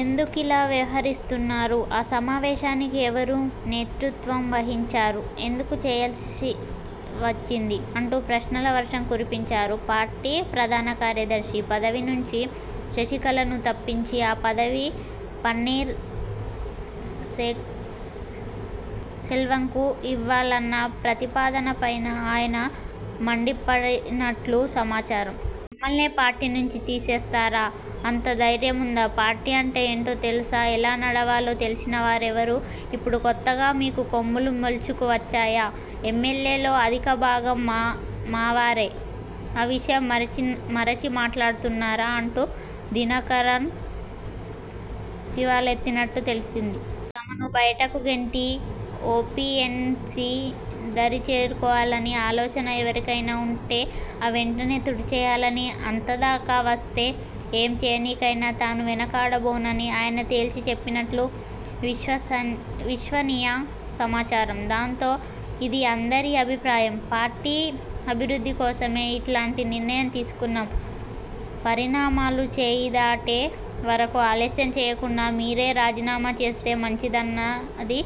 ఎందుకు ఇలా వ్యవహరిస్తున్నారు? ఆ సమావేశానికి ఎవరు నేతృత్వం వహించారు? ఎందుకు చేయాల్సి వచ్చింది? '' అంటూ ప్రశ్నల వర్షం కురిపించారు. పార్టీ ప్రధాన కార్యదర్శి పదవి నుంచి శశికళను తప్పించి ఆ పదవిని పన్నీర్ సెల్వంకు ఇవ్వాలన్న ప్రతిపాదన పైనా ఆయన మండిపడినట్లు సమాచారం. ''మమ్మల్నే పార్టీ నుంచి తీసేస్తారా? అంత ధైర్యముందా? పార్టీ అంటే ఏంటో తెలుసా? ఎలా నడపాలో తెలిసిన వారెవరు? ఇప్పుడు కొత్తగా మీకు కొమ్ములు మొలుచుకు వచ్చాయా? ఎమ్మెల్యేల్లో అధిక భాగం మావారే. ఆ విషయం మరచి మాట్లాడుతున్నారా? '' అంటూ దినకరన్ శివాలెత్తినట్లు తెలిసింది. తమను బయటకు గెంటి, ఓపీఎస్ను దరి చేర్చుకోవాలన్న ఆలోచన ఎవరికైనా ఉంటే వెంటనే తుడిచేయాలని, అంతదాకా వస్తే ఏం చేయడానికైనా తాను వెనకాడబోనని ఆయన తేల్చి చెప్పినట్లు విశ్వసనీయ సమాచారం. దాంతో, ''ఇది అందరి అభిప్రాయం. పార్టీ అభివృద్ధి కోసమే ఇలాంటి నిర్ణయం తీసుకున్నాం. పరిణామాలు చేయి దాటే వరకూ ఆలస్యం చేయకుండా మీరే రాజీనామా చేస్తే మంచిదన్నది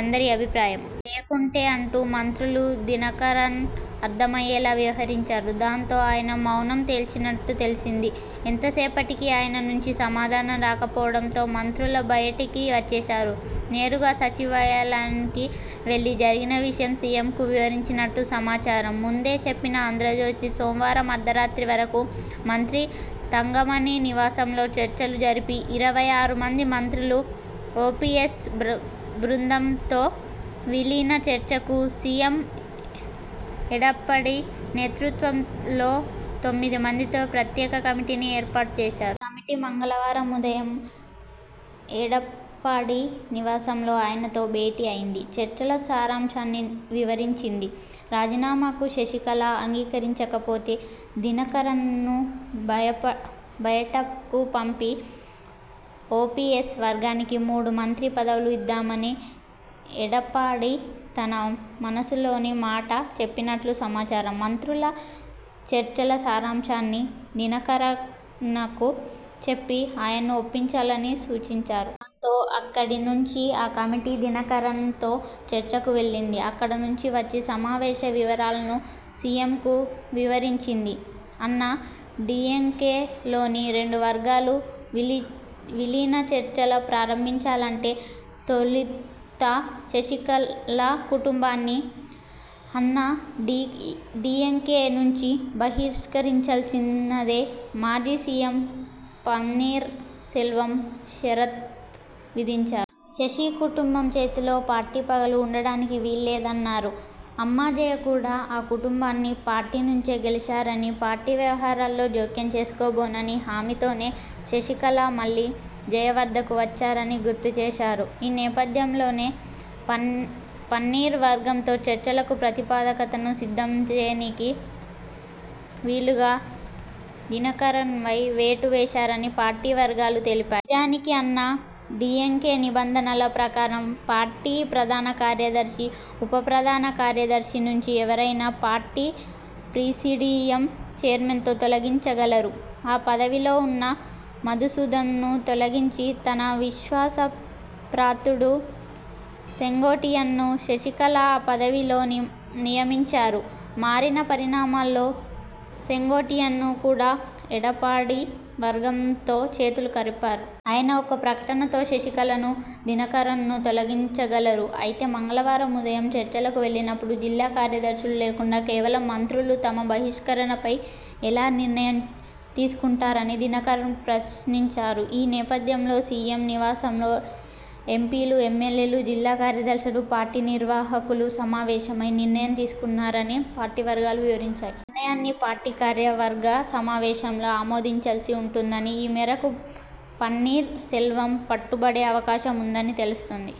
అందరి అభిప్రాయం. లేకుంటే.. '' అంటూ మంత్రులు దినకరన్కు అర్థమయ్యేలా వివరించారు. దాంతో ఆయన మౌనం దాల్చినట్లు తెలిసింది. ఎంతసేపటికీ ఆయన నుంచి సమాధానం రాకపోవడంతో మంత్రులు బయటికి వచ్చేశారు. నేరుగా సచివాలయానికి వెళ్లి జరిగిన విషయం సీఎంకు వివరించినట్లు సమాచారం. ముందే చెప్పిన 'ఆంధ్రజ్యోతి' సోమవారం అర్ధరాత్రి వరకూ మంత్రి తంగమణి నివాసంలో చర్చలు జరిపిన ఇరవై ఆరు మంది మంత్రులు, ఓపీఎస్ బృందంతో విలీన చర్చలకు సీఎం ఎడప్పాడి నేతృత్వంలో తొమ్మిది మందితో ప్రత్యేక కమిటీని ఏర్పాటు చేశారు. ఈ కమిటీ మంగళవారం ఉదయం ఎడప్పాడి నివాసంలో ఆయనతో భేటీ అయింది. చర్చల సారాంశాన్ని వివరించింది. రాజీనామాకు శశికళ అంగీకరించకపోతే, దినకరన్ను బయటకు పంపి, ఓపీఎస్ వర్గానికి మూడు మంత్రి పదవులు ఇద్దామని ఎడప్పాడి తన మనసులోని మాట చెప్పినట్లు సమాచారం. మంత్రుల చర్చల సారాంశాన్ని దినకరనకు చెప్పి ఆయన్ను ఒప్పించాలని సూచించారు. దాంతో, అక్కడి నుంచి ఆ కమిటీ దినకరన్ తో చర్చలకు వెళ్లింది. అక్కడి నుంచి వచ్చి సమావేశ వివరాలను సీఎంకు వివరించింది. అన్నా డీఎంకే లోని రెండు వర్గాలూ విలీన చర్చలు ప్రారంభించాలంటే తొలుత శశికళ కుటుంబాన్ని అన్నా డీఎంకే నుంచి బహిష్కరించాల్సిందేనని మాజీ సీఎం పన్నీర్ సెల్వం షరతు విధించారు. శశి కుటుంబం చేతిలో పార్టీ పగ్గాలు ఉండడానికి వీల్లేదన్నారు. అమ్మ జయ కూడా ఆ కుటుంబాన్ని పార్టీ నుంచి గెంటేశారని, పార్టీ వ్యవహారాల్లో జోక్యం చేసుకోబోనన్న హామీ తోనే శశికళ మళ్లీ జయ వద్దకు వచ్చారని గుర్తు చేశారు. ఈ నేపథ్యంలోనే, పన్నీరు వర్గంతో చర్చలకు ప్రాతిపదికను సిద్ధం చేయడానికి వీలుగా దినకరన్పై వేటు వేశారని పార్టీ వర్గాలు తెలిపాయి. నిజానికి, అన్నా డీఎంకే నిబంధనల ప్రకారం, పార్టీ ప్రధాన కార్యదర్శి, ఉప ప్రధాన కార్యదర్శి నుంచి ఎవరినైనా పార్టీ ప్రిసీడియం చైర్మన్ తొలగించగలరు. ఆ పదవిలో ఉన్న మధుసూదన్ ను తొలగించి తన విశ్వాస పాత్రుడు సెంగోట్టియ్యన్ను శశికళ ఆ పదవిలో నియమించారు. మారిన పరిణామాల్లో సెంగోట్టియ్యన్ కూడా ఎడప్పాడి వర్గంతో చేతులు కలిపారు. ఆయన ఒక్క ప్రకటనతో శశికళను, దినకరన్ను తొలగించగలరు. అయితే, మంగళవారం ఉదయం చర్చలకు వెళ్లినప్పుడు జిల్లా కార్యదర్శులు లేకుండా కేవలం మంత్రులు తమ బహిష్కరణపై ఎలా నిర్ణయం తీసుకుంటారని దినకరన్ ప్రశ్నించారు. ఈ నేపథ్యంలోనే, సీఎం నివాసంలో ఎంపీలు, ఎమ్మెల్యేలు, జిల్లా కార్యదర్శులు, పార్టీ నిర్వాహకులు సమావేశమై నిర్ణయం తీసుకున్నారని పార్టీ వర్గాలు వివరించాయి. ఈ నిర్ణయాన్ని పార్టీ కార్యవర్గ సమావేశంలో ఆమోదించాల్సి ఉంటుందని, ఈ మేరకు పన్నీరు సెల్వం పట్టుబట్టే అవకాశం ఉందని తెలుస్తోంది.